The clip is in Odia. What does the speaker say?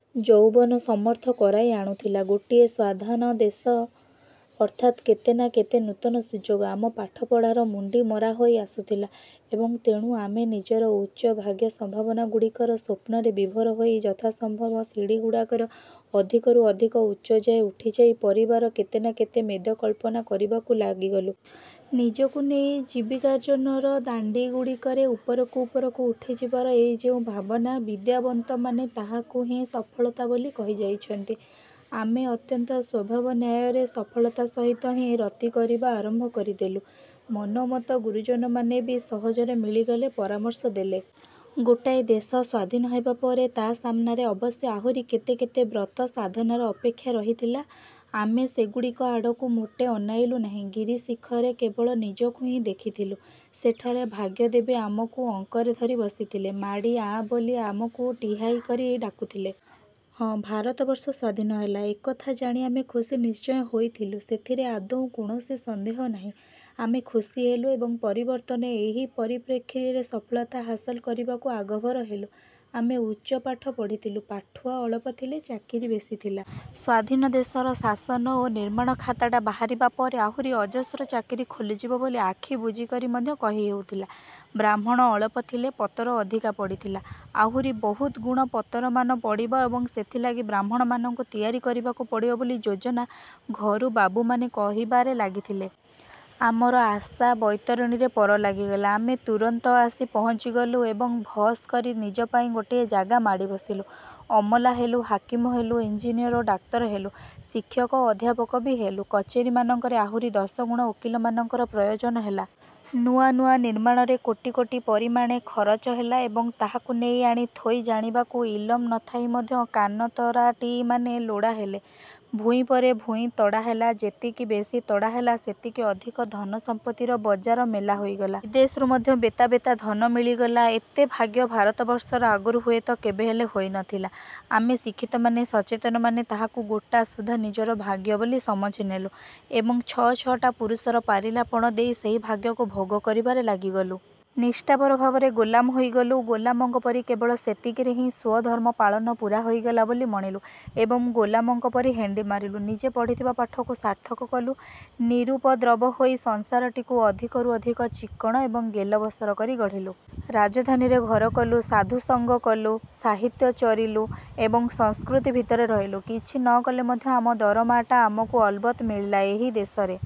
ଯୌବନ ସମର୍ଥ କରାଇ ଆଣୁଥିଲା। ଗୋଟାଏ ସ୍ୱାଧନ ଦେଶ, ଅର୍ଥାତ୍ କେତେ ନା କେତେ ନୂତନ ସୁଯୋଗ। ଆମ ପାଠପଢ଼ାର ମୁଣ୍ଡି ମରାହୋଇ ଆସୁଥିଲା ଏବଂ ତେଣୁ ଆମେ ନିଜର ଉଚ୍ଚ ଭାଗ୍ୟ-ସମ୍ଭାବନାଗୁଡ଼ିକର ସ୍ୱପ୍ନରେ ବିଭୋର ହୋଇ ଯଥାସମ୍ଭବ ସିଡ଼ିଗୁଡ଼ାକର ଅଧିକରୁ ଅଧିକ ଉଚ୍ଚ ଯାଏ ଉଠିଯାଇ ପରିବାର କେତେ ନା କେତେ ମେଦକଳ୍ପନା କରିବାରେ ଲାଗିଗଲୁ। ନିଜକୁ ନେଇ ଜୀବିକାର୍ଜନର ଦାଣ୍ଡିଗୁଡ଼ିକରେ ଉପରକୁ ଉପରକୁ ଉଠିଯିବାର ଏଇ ଯେଉଁ ଭାବନା, ବିଦ୍ୟାବନ୍ତମାନେ ତାହାକୁ ହିଁ ସଫଳତା ବୋଲି କହି ଯାଇଛନ୍ତି। ଆମେ ଅତ୍ୟନ୍ତ ସ୍ୱଭାବନ୍ୟାୟରେ ସଫଳତା ସହିତ ହିଁ ରତି କରିବା ଆରମ୍ଭ କରିଦେଲୁ। ମନୋମତ ଗୁରୁଜନମାନେ ବି ସହଜରେ ମିଳିଗଲେ, ପରାମର୍ଶ ଦେଲେ। ଗୋଟାଏ ଦେଶ ସ୍ୱାଧୀନ ହେବାପରେ ତା' ସାମ୍ନାରେ ଅବଶ୍ୟ ଆହୁରି କେତେ କେତେ ବ୍ରତ-ସାଧନାର ଅପେକ୍ଷା ରହିଥିଲା। ଆମେ ସେଗୁଡ଼ିକ ଆଡ଼କୁ ମୋଟେ ଅନାଇଲୁ ନାହିଁ। ଗିରିଶିଖରେ କେବଳ ନିଜକୁ ହିଁ ଦେଖିଥିଲୁ। ସେଠାରେ ଭାଗ୍ୟଦେବୀ ଆମକୁ ଅଙ୍କରେ ଧରି ବସିଥିଲେ। ମାଡ଼ି ଆ' ବୋଲି ଆମକୁ ଟିହାଇ କରି ଡାକୁଥିଲେ। ହଁ, ଭାରତବର୍ଷ ସ୍ୱାଧୀନ ହେଲା, ଏକଥା ଜାଣି ଆମେ ଖୁସି ନିଶ୍ଚୟ ହୋଇଥିଲୁ। ସେଥିରେ ଆଦୌ କୌଣସି ସନ୍ଦେହ ନାହିଁ। ଆମେ ଖୁସି ହେଲୁ ଏବଂ ପରିବର୍ତ୍ତିତ ଏହି ପରିପ୍ରେକ୍ଷୀରେ ସଫଳତା ହାସଲ କରିବାକୁ ଆଗଭର ହେଲୁ। ଆମେ ଉଚ୍ଚ ପାଠ ପଢ଼ିଥିଲୁ। ପାଠୁଆ ଅଳପ ଥିଲେ, ଚାକିରି ବେଶୀ ଥିଲା। ସ୍ୱାଧୀନ ଦେଶର ଶାସନ ଓ ନିର୍ମାଣ-ଖାତାଟା ବାହାରିବା ପରେ ଆହୁରି ଅଜସ୍ର ଚାକିରି ଖୋଲିଯିବ ବୋଲି ଆଖି ବୁଜି କରି ମଧ୍ୟ କହି ହେଉଥିଲା। ବ୍ରାହ୍ମଣ ଅଳପ ଥିଲେ, ପତର ଅଧିକା ପଡ଼ିଥିଲା। ଆହୁରି ବହୁତ ଗୁଣ ପତରମାନ ପଡ଼ିବ ଏବଂ ସେଥିଲାଗି ବ୍ରାହ୍ମଣମାନଙ୍କୁ ତିଆରି କରିବାକୁ ପଡ଼ିବ ବୋଲି ଯୋଜନା-ଘରୁ ବାବୁମାନେ କହିବାରେ ଲାଗିଥିଲେ। ଆମର ଆଶା-ବୈତରଣୀରେ ପର ଲାଗିଗଲା। ଆମେ ତୁରନ୍ତ ଆସି ପହଞ୍ଚିଗଲୁ ଏବଂ ଭସ୍ କରି ନିଜ ପାଇଁ ଗୋଟିଏ ଜାଗା ମାଡ଼ି ବସିଲୁ। ଅମଲା ହେଲୁ, ହାକିମ ହେଲୁ, ଇଞ୍ଜିନିଅର ଓ ଡାକ୍ତର ହେଲୁ। ଶିକ୍ଷକ ଓ ଅଧ୍ୟାପକ ବି ହେଲୁ। କଚେରୀମାନଙ୍କରେ ଆହୁରି ଦଶଗୁଣ ଓକିଲମାନଙ୍କର ପ୍ରୟୋଜନ ହେଲା। ନୂଆ ନୂଆ ନିର୍ମାଣରେ କୋଟି କୋଟି ପରିମାଣେ ଖରଚ ହେଲା ଏବଂ ତାହାକୁ ନେଇ ଆଣି ଥୋଇ ଜାଣିବାକୁ ଇଲମ ନଥାଇ ମଧ୍ୟ କାନତରାଟିମାନେ ଲୋଡ଼ା ହେଲେ। ଭୂଇଁ ପରେ ଭୂଇଁ ତଡ଼ା ହେଲା,- ଯେତିକି ବେଶୀ ତଡ଼ା ହେଲା, ସେତିକି ଅଧିକ ଧନସମ୍ପତ୍ତିର ବଜାର ମେଲା ହୋଇଗଲା। ବିଦେଶରୁ ମଧ୍ୟ ବେତା ବେତା ଧନ ମିଳିଗଲା। ଏତେ ଭାଗ୍ୟ ଭାରତବର୍ଷର ଆଗରୁ ହୁଏତ କେବେହେଲେ ହୋଇନଥିଲା। ଆମେ ଶିକ୍ଷିତମାନେ, ସଚେତନମାନେ ତାହାକୁ ଗୋଟାସୁଦ୍ଧା ନିଜର ଭାଗ୍ୟ ବୋଲି ସମଝି ନେଲୁ ଏବଂ ଛଅ ଛଅଟା ପୁରୁଷର ପାରିଲାପଣ ଦେଇ ସେହି ଭାଗ୍ୟକୁ ଭୋଗ କରିବାରେ ଲାଗିଗଲୁ। ନିଷ୍ଠାପର ଭାବରେ ଗୋଲାମ ହୋଇଗଲୁ, ଗୋଲାମଙ୍କ ପରି କେବଳ ସେତିକିରେ ହିଁ ସ୍ୱଧର୍ମ-ପାଳନ ପୂରା ହୋଇଗଲା ବୋଲି ମଣିଲୁ ଏବଂ ଗୋଲାମଙ୍କ ପରି ହେଣ୍ଡି ମାରିଲୁ। ନିଜେ ପଢ଼ିଥିବା ପାଠକୁ ସାର୍ଥକ କଲୁ। ନିରୁପଦ୍ରବ ହୋଇ ସଂସାରଟିକୁ ଅଧିକରୁ ଅଧିକ ଚିକ୍କଣ ଏବଂ ଗେଲବସର କରି ଗଢ଼ିଲୁ। ରାଜଧାନୀରେ ଘର କଲୁ। ସାଧୁସଙ୍ଗ କଲୁ, ସାହିତ୍ୟ ଚରିଲୁ ଏବଂ ସଂସ୍କୃତି ଭିତରେ ରହିଲୁ। କିଛି ନ କଲେ ମଧ୍ୟ ଆମ ଦରମାଟା ଆମକୁ ଅଲବତ ମିଳିଲା। ଏହି ଦେଶରେ